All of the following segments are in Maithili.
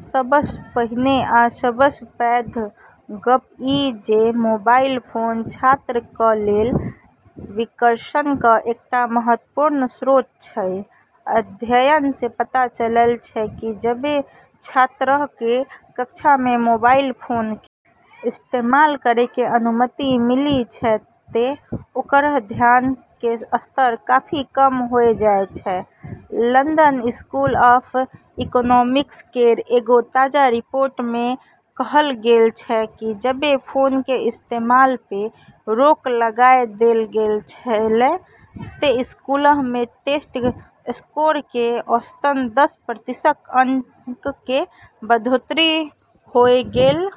सबस पहिने आ सबस पैघ गप इ जे मोबाइल फोन छात्र क लेल विकर्षण क एकटा महत्वपूर्ण स्रोत अछि। अध्ययन से पता चललै छै कि जबे छात्रऽ के कक्षा मे मोबाइल फोन के इस्तेमाल करै के अनुमति मिलै छै ते ओकरऽ ध्यान के स्तर काफी कम होय जाय छै, लंदन स्कूल ऑफ इकोनॉमिक्स केरऽ एगो ताजा रिपोर्ट मे कहलऽ गेलऽ छै कि जबे फोन के इस्तेमाल पे रोक लगाय देलऽ गेलऽ छेलै ते स्कूलऽ मे टेस्ट स्कोर मे औसतन दस प्रतिशत अंक के बढ़ोत्तरी होय गेलऽ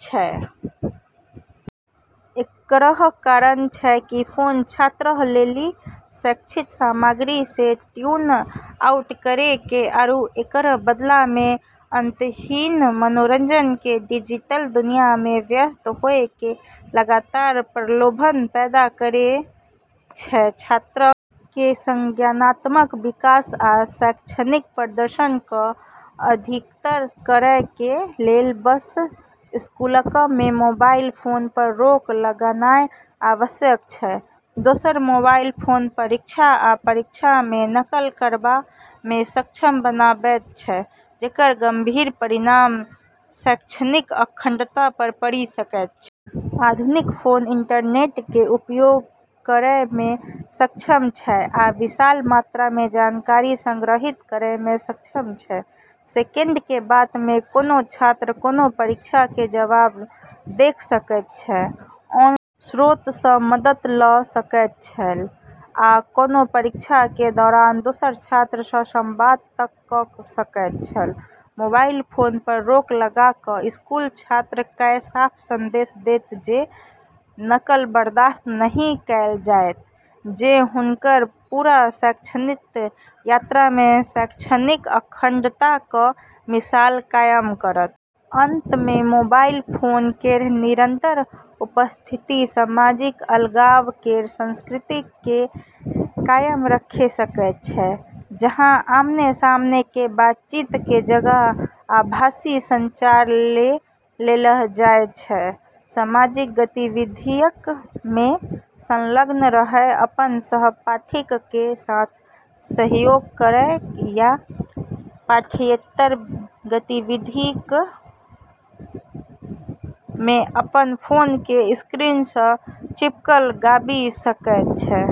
छै। एकरऽ कारण छै कि फोन छात्रऽ लेली शैक्षिक सामग्री से ट्यून आउट करै के आरू एकरऽ बदला मे अंतहीन मनोरंजन के डिजिटल दुनिया मे व्यस्त होय के लगातार प्रलोभन पैदा करै छै। छात्रक कें संज्ञानात्मक विकास आ शैक्षणिक प्रदर्शन कें अधिकतम करय कें लेल बस स्कूलक मे मोबाइल फोन पर रोक लगानाय आवश्यक छै, दोसर मोबाइल फोन परीक्षा आ परीक्षा मे नकल करबा मे सक्षम बनाबैत अछि जेकर गंभीर परिणाम शैक्षणिक अखंडता पर पड़ि सकैत अछि। आधुनिक फोन इंटरनेट कें उपयोग करय मे सक्षम छै आ विशाल मात्रा मे जानकारी संग्रहीत करय मे सक्षम छै, सेकेंड के बात में कोनो छात्र कोनो परीक्षा के जवाब देख सकैत छल, ऑनलाइन स्रोत सं मदद ल सकैत छल या कोनो परीक्षा के दौरान दोसर छात्र सं संवाद तक क सकैत छल, मोबाइल फोन पर रोक लगा क स्कूल छात्र कए साफ संदेश देत जे नकल बर्दाश्त नहि कैल जाएत जे हुनकर पूरा शैक्षणिक यात्रा मे शैक्षणिक अखंडता क मिसाल कायम करत। अंत में मोबाइल फोन केरऽ निरंतर उपस्थिति सामाजिक अलगाव केरऽ संस्कृति के कायम रखे सकै छै, जहां आमने-सामने के बातचीत के जगह आभासी संचार ले लेलऽ जाय छै। सामाजिक गतिविधियक मे संलग्न रहय अपन सहपाठीक कें साथ सहयोग करय या पाठ्येतर गतिविधियक मे भाग लेनाय कें बजाय, कोनों छात्र अपना कें अपन फोन कें स्क्रीन सं चिपकल पाबि सकय छै।